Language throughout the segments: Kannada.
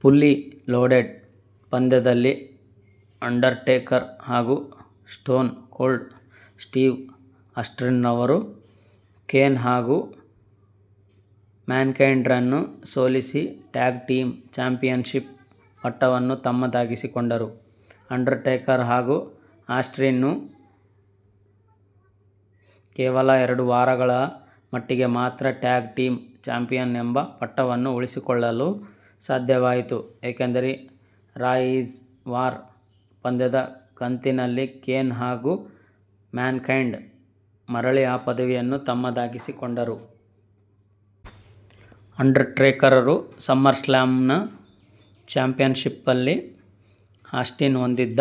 ಫುಲ್ಲಿ ಲೋಡೆಡ್ ಪಂದ್ಯದಲ್ಲಿ, ಅಂಡರ್ಟೇಕರ್ ಹಾಗೂ ಸ್ಟೋನ್ ಕೋಲ್ಡ್ ಸ್ಟೀವ್ ಆಸ್ಟಿನ್ರವರು, ಕೇನ್ ಹಾಗೂ ಮ್ಯಾನ್ಕೈಂಡ್ರನ್ನು ಸೋಲಿಸಿ ಟ್ಯಾಗ್ ಟೀಮ್ ಚಾಂಪಿಯನ್ಷಿಪ್ ಪಟ್ಟವನ್ನು ತಮ್ಮದಾಗಿಸಿಕೊಂಡರು. ಅಂಡರ್ಟೇಕರ್ ಹಾಗೂ ಆಸ್ಟಿನ್ರು ಕೇವಲ ಎರಡು ವಾರಗಳ ಮಟ್ಟಿಗೆ ಮಾತ್ರ ಟ್ಯಾಗ್ ಟೀಮ್ ಚಾಂಪಿಯನ್ ಎಂಬ ಪಟ್ಟವನ್ನು ಉಳಿಸಿಕೊಳ್ಳಲು ಸಾಧ್ಯವಾಯಿತು, ಏಕೆಂದರೆ ರಾ ಈಸ್ ವಾರ್ ಪಂದ್ಯದ ಕಂತಿನಲ್ಲಿ ಕೇನ್ ಹಾಗೂ ಮ್ಯಾನ್ಕೈಂಡ್ ಮರಳಿ ಆ ಪದವಿಯನ್ನು ತಮ್ಮದಾಗಿಸಿಕೊಂಡರು. ಅಂಡರ್ಟೇಕರ್ರು ಸಮ್ಮರ್ಸ್ಲ್ಯಾಮ್ನ ಚಾಂಪಿಯನ್ಷಿಪ್ನಲ್ಲಿ, ಆಸ್ಟಿನ್ ಹೊಂದಿದ್ದ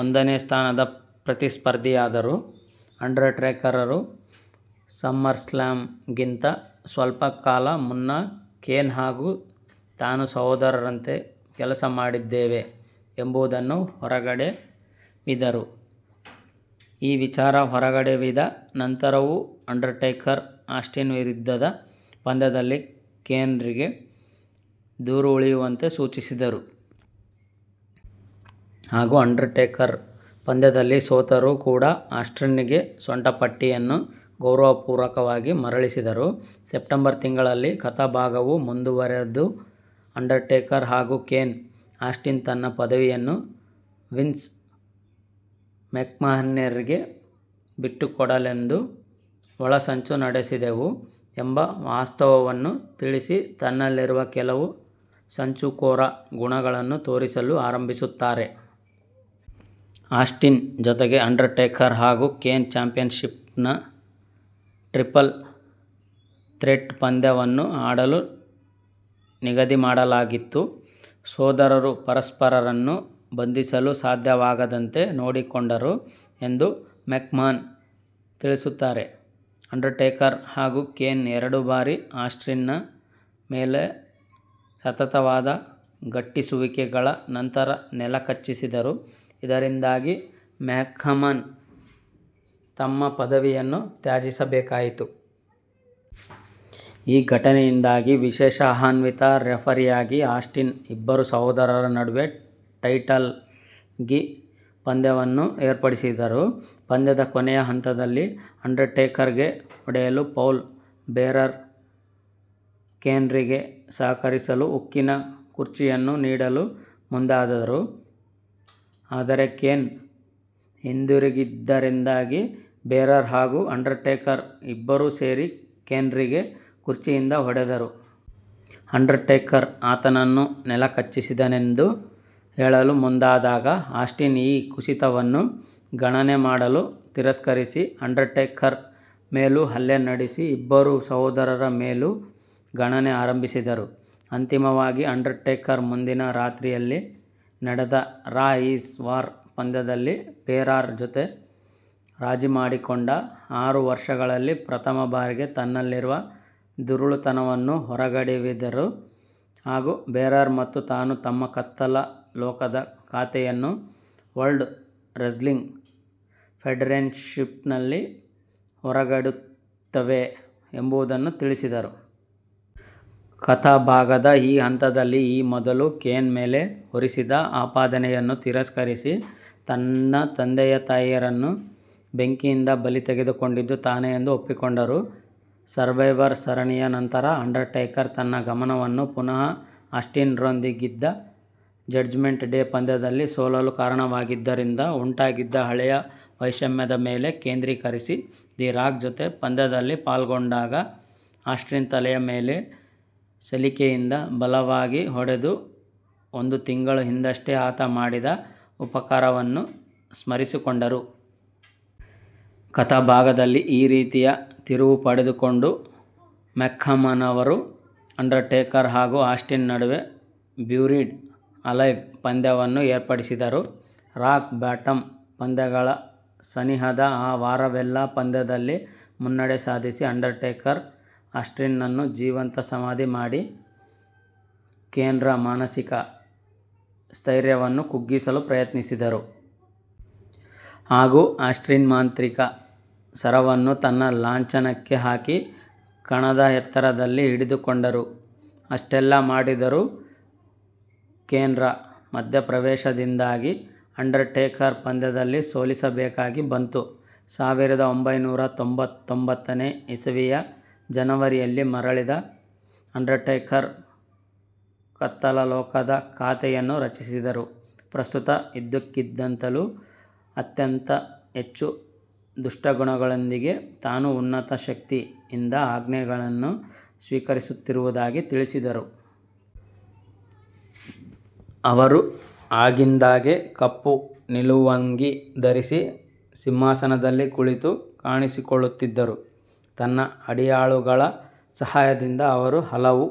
ಒಂದನೇ ಸ್ಥಾನದ ಪ್ರತಿಸ್ಪರ್ಧಿಯಾದರು. ಅಂಡರ್ಟೇಕರ್ರು ಸಮ್ಮರ್ಸ್ಲ್ಯಾಮ್ಗಿಂತ ಸ್ವಲ್ಪ ಕಾಲ ಮುನ್ನ, ಕೇನ್ ಹಾಗೂ ತಾನು ಸಹೋದರರಂತೆ ಕೆಲಸ ಮಾಡಿದ್ದೇವೆ ಎಂಬುದನ್ನು ಹೊರಗೆಡವಿದರು. ಈ ವಿಚಾರ ಹೊರಗೆಡವಿದ ನಂತರವೂ, ಅಂಡರ್ಟೇಕರ್ ಆಸ್ಟಿನ್ ವಿರುದ್ಧದ ಪಂದ್ಯದಲ್ಲಿ ಕೇನ್ರಿಗೆ ದೂರ ಉಳಿಯುವಂತೆ ಸೂಚಿಸಿದರು. ಹಾಗೂ ಅಂಡರ್ಟೇಕರ್ ಪಂದ್ಯದಲ್ಲಿ ಸೋತರೂ ಕೂಡ ಆಸ್ಟಿನ್ರಿಗೆ ಸೊಂಟಪಟ್ಟಿಯನ್ನು ಗೌರವಪೂರ್ವಕವಾಗಿ ಮರಳಿಸಿದರು. ಸೆಪ್ಟೆಂಬರ್ ತಿಂಗಳಲ್ಲಿ, ಕಥಾಭಾಗವು ಮುಂದುವರೆದು, ಅಂಡರ್ಟೇಕರ್ ಹಾಗೂ ಕೇನ್, ಆಸ್ಟಿನ್ ತನ್ನ ಪದವಿಯನ್ನು ವಿನ್ಸ್ ಮೆಕ್ಮಹನ್ರಿಗೆ ಬಿಟ್ಟುಕೊಡಲೆಂದು, ಒಳಸಂಚು ನಡೆಸಿದೆವು ಎಂಬ ವಾಸ್ತವವನ್ನು ತಿಳಿಸಿ ತನ್ನಲ್ಲಿರುವ ಕೆಲವು ಸಂಚುಕೋರ ಗುಣಗಳನ್ನು ತೋರಿಸಲು ಆರಂಭಿಸುತ್ತಾರೆ. ಆಸ್ಟಿನ್ ಜೊತೆಗೆ ಅಂಡರ್ಟೇಕರ್ ಹಾಗೂ ಕೇನ್ ಚಾಂಪಿಯನ್ಷಿಪ್ನ ಟ್ರಿಪಲ್ ಥ್ರೆಟ್ ಪಂದ್ಯವನ್ನು ಆಡಲು ನಿಗದಿಮಾಡಲಾಗಿತ್ತು. ಸೋದರರು ಪರಸ್ಪರರನ್ನು ಬಂಧಿಸಲು ಸಾಧ್ಯವಾಗದಂತೆ ನೋಡಿಕೊಂಡರು ಎಂದು ಮೆಕ್ಮಹನ್ ತಿಳಿಸುತ್ತಾರೆ. ಅಂಡರ್ಟೇಕರ್ ಹಾಗೂ ಕೇನ್ ಎರಡು ಬಾರಿ ಆಸ್ಟಿನ್ರ ಮೇಲೆ ಸತತವಾದ ಘಟ್ಟಿಸುವಿಕೆ ಗಳ ನಂತರ ನೆಲಕಚ್ಚಿಸಿದರು, ಇದರಿಂದಾಗಿ ಮೆಕ್ಮಹನ್ ತಮ್ಮ ಪದವಿಯನ್ನು ತ್ಯಜಿಸಬೇಕಾಯಿತು. ಈ ಘಟನೆಯಿಂದಾಗಿ ವಿಶೇಷ ಆಹ್ವಾನಿತ ರೆಫರಿಯಾಗಿ ಆಸ್ಟಿನ್, ಇಬ್ಬರು ಸಹೋದರರ ನಡುವೆ ಟೈಟಲ್ಗಾಗಿ ಪಂದ್ಯವನ್ನು ಏರ್ಪಡಿಸಿದರು. ಪಂದ್ಯದ ಕೊನೆಯ ಹಂತದಲ್ಲಿ, ಅಂಡರ್ಟೇಕರ್ಗೆ ಹೊಡೆಯಲು ಪೌಲ್ ಬೇರರ್ ಕೇನ್ರಿಗೆ ಸಹಕರಿಸಲು ಉಕ್ಕಿನ ಕುರ್ಚಿಯನ್ನು ನೀಡಲು ಮುಂದಾದರು. ಆದರೆ ಕೇನ್ ಹಿಂದಿರುಗಿದ್ದರಿಂದಾಗಿ, ಬೇರರ್ ಹಾಗೂ ಅಂಡರ್ಟೇಕರ್ ಇಬ್ಬರೂ ಸೇರಿ ಕೇನ್ರಿಗೆ ಕುರ್ಚಿಯಿಂದ ಹೊಡೆದರು. ಅಂಡರ್ಟೇಕರ್ ಆತನನ್ನು ನೆಲಕಚ್ಚಿಸಿದೆನೆಂದು ಹೇಳಲು ಮುಂದಾದಾಗ, ಆಸ್ಟಿನ್ ಈ ಕುಸಿತವನ್ನು ಗಣನೆಮಾಡಲು ತಿರಸ್ಕರಿಸಿ ಅಂಡರ್ಟೇಕರ್ ಮೇಲೂ ಹಲ್ಲೆ ನಡೆಸಿ ಇಬ್ಬರು ಸಹೋದರರ ಮೇಲೂ ಗಣನೆ ಆರಂಭಿಸಿದರು. ಅಂತಿಮವಾಗಿ, ಅಂಡರ್ಟೇಕರ್ ಮುಂದಿನ ರಾತ್ರಿಯಲ್ಲಿ ನಡೆದ ರಾ ಈಸ್ ವಾರ್ ಪಂದ್ಯದಲ್ಲಿ ಬೇರರ್ ಜೊತೆ ರಾಜಿ ಮಾಡಿಕೊಂಡ ಆರು ವರ್ಷಗಳಲ್ಲಿ ಪ್ರಥಮ ಬಾರಿಗೆ ತನ್ನಲ್ಲಿರುವ ದುರುಳತನವನ್ನು ಹೊರಗೆಡವಿದರು, ಹಾಗೂ ಬೇರರ್ ಮತ್ತು ತಾನು ತಮ್ಮ ಕತ್ತಲ ಲೋಕದ ಖಾತೆಯನ್ನು ವರ್ಲ್ಡ್ ರೆಸ್ಲಿಂಗ್ ಫೆಡರೇಶನ್ನಿನಲ್ಲಿ ಹೊರಗೆಡವುತ್ತೇವೆ ಎಂಬುದನ್ನು ತಿಳಿಸಿದರು. ಕಥಾಭಾಗದ ಈ ಹಂತದಲ್ಲಿ, ಈ ಮೊದಲು ಕೇನ್ ಮೇಲೆ ಹೊರಿಸಿದ ಆಪಾದನೆಯನ್ನು ತಿರಸ್ಕರಿಸಿ, ತನ್ನ ತಂದೆತಾಯಿಯರನ್ನು ಬೆಂಕಿಯಿಂದ ಬಲಿ ತೆಗೆದುಕೊಂಡದ್ದು ತಾನೆ ಎಂದು ಒಪ್ಪಿಕೊಂಡರು. ಸರ್ವೈವರ್ ಸರಣಿಯ ನಂತರ, ಅಂಡರ್ಟೇಕರ್ ತನ್ನ ಗಮನವನ್ನು ಪುನಃ ಆಸ್ಟಿನ್ರೊಂದಿಗಿದ್ದ ಜಡ್ಜ್ಮೆಂಟ್ ಡೇ ಪಂದ್ಯದಲ್ಲಿ ಸೋಲಲು ಕಾರಣವಾಗಿದ್ದರಿಂದ ಉಂಟಾಗಿದ್ದ ಹಳೆಯ ವೈಷಮ್ಯದ ಮೇಲೆ ಕೇಂದ್ರೀಕರಿಸಿ, ದಿ ರಾಕ್ ಜೊತೆ ಪಂದ್ಯದಲ್ಲಿ ಪಾಲ್ಗೊಂಡಾಗ ಆಸ್ಟಿನ್ರ ತಲೆಯ ಮೇಲೆ ಸಲಿಕೆಯಿಂದ ಬಲವಾಗಿ ಹೊಡೆದು ಒಂದು ತಿಂಗಳ ಹಿಂದಷ್ಟೇ ಆತ ಮಾಡಿದ ಉಪಕಾರವನ್ನು ಸ್ಮರಿಸಿಕೊಂಡರು. ಕಥಾಭಾಗದಲ್ಲಿ ಈ ರೀತಿಯ ತಿರುವು ಪಡೆದುಕೊಂಡು, ಮೆಕ್ಮಹನ್ರವರು ಅಂಡರ್ಟೇಕರ್ ಹಾಗೂ ಆಸ್ಟಿನ್ ನಡುವೆ ಬ್ಯುರೀಡ್ ಅಲೈವ್ ಪಂದ್ಯವನ್ನು ಏರ್ಪಡಿಸಿದರು. ರಾಕ್ ಬಾಟಮ್ ಪಂದ್ಯಗಳ ಸನಿಹದ ಆ ವಾರವೆಲ್ಲಾ ಪಂದ್ಯದಲ್ಲಿ ಮುನ್ನಡೆ ಸಾಧಿಸಿ, ಅಂಡರ್ಟೇಕರ್ ಆಸ್ಟಿನ್ರನ್ನು ಜೀವಂತ ಸಮಾಧಿ ಮಾಡಿ, ಕೇನ್ರ ಮಾನಸಿಕ ಸ್ಥೈರ್ಯವನ್ನು ಕುಗ್ಗಿಸಲು ಪ್ರಯತ್ನಿಸಿದರು. ಹಾಗೂ ಆಸ್ಟಿನ್ರ ಮಾಂತ್ರಿಕ ಸರವನ್ನು ತನ್ನ ಲಾಂಛನಕ್ಕೆ ಹಾಕಿ ಕಣದ ಎತ್ತರದಲ್ಲಿ ಹಿಡಿದುಕೊಂಡರು. ಅಷ್ಟೆಲ್ಲಾ ಮಾಡಿದರೂ ಕೇನ್ರ ಮಧ್ಯಪ್ರವೇಶದಿಂದಾಗಿ ಅಂಡರ್ಟೇಕರ್ ಪಂದ್ಯದಲ್ಲಿ ಸೋಲಬೇಕಾಗಿ ಬಂತು. ಸಾವಿರದ ಒಂಭೈನೂರ ತೊಂಭತ್ತೊಂಭತ್ತನೇ ಇಸವಿಯ ಜನವರಿಯಲ್ಲಿ ಮರಳಿದ ಅಂಡರ್ಟೇಕರ್, ಕತ್ತಲ ಲೋಕದ ಖಾತೆಯನ್ನು ರಚಿಸಿದರು. ಪ್ರಸ್ತುತ ಇದ್ದುದಕ್ಕಿಂತಲೂ ಅತ್ಯಂತ ಹೆಚ್ಚು ದುಷ್ಟಗುಣಗಳೊಂದಿಗೆ ತಾನು "ಉನ್ನತ ಶಕ್ತಿ"ಯಿಂದ ಆಜ್ಞೆಗಳನ್ನು ಸ್ವೀಕರಿಸುತ್ತಿರುವುದಾಗಿ ತಿಳಿಸಿದರು. ಅವರು ಆಗಿಂದಾಗೆ ಕಪ್ಪು ನಿಲುವಂಗಿ ಧರಿಸಿ ಸಿಂಹಾಸನದಲ್ಲಿ ಕುಳಿತು ಕಾಣಿಸಿಕೊಳ್ಳುತ್ತಿದ್ದರು. ತನ್ನ ಅಡಿಯಾಳುಗಳ ಸಹಾಯದಿಂದ ಅವರು ಹಲವು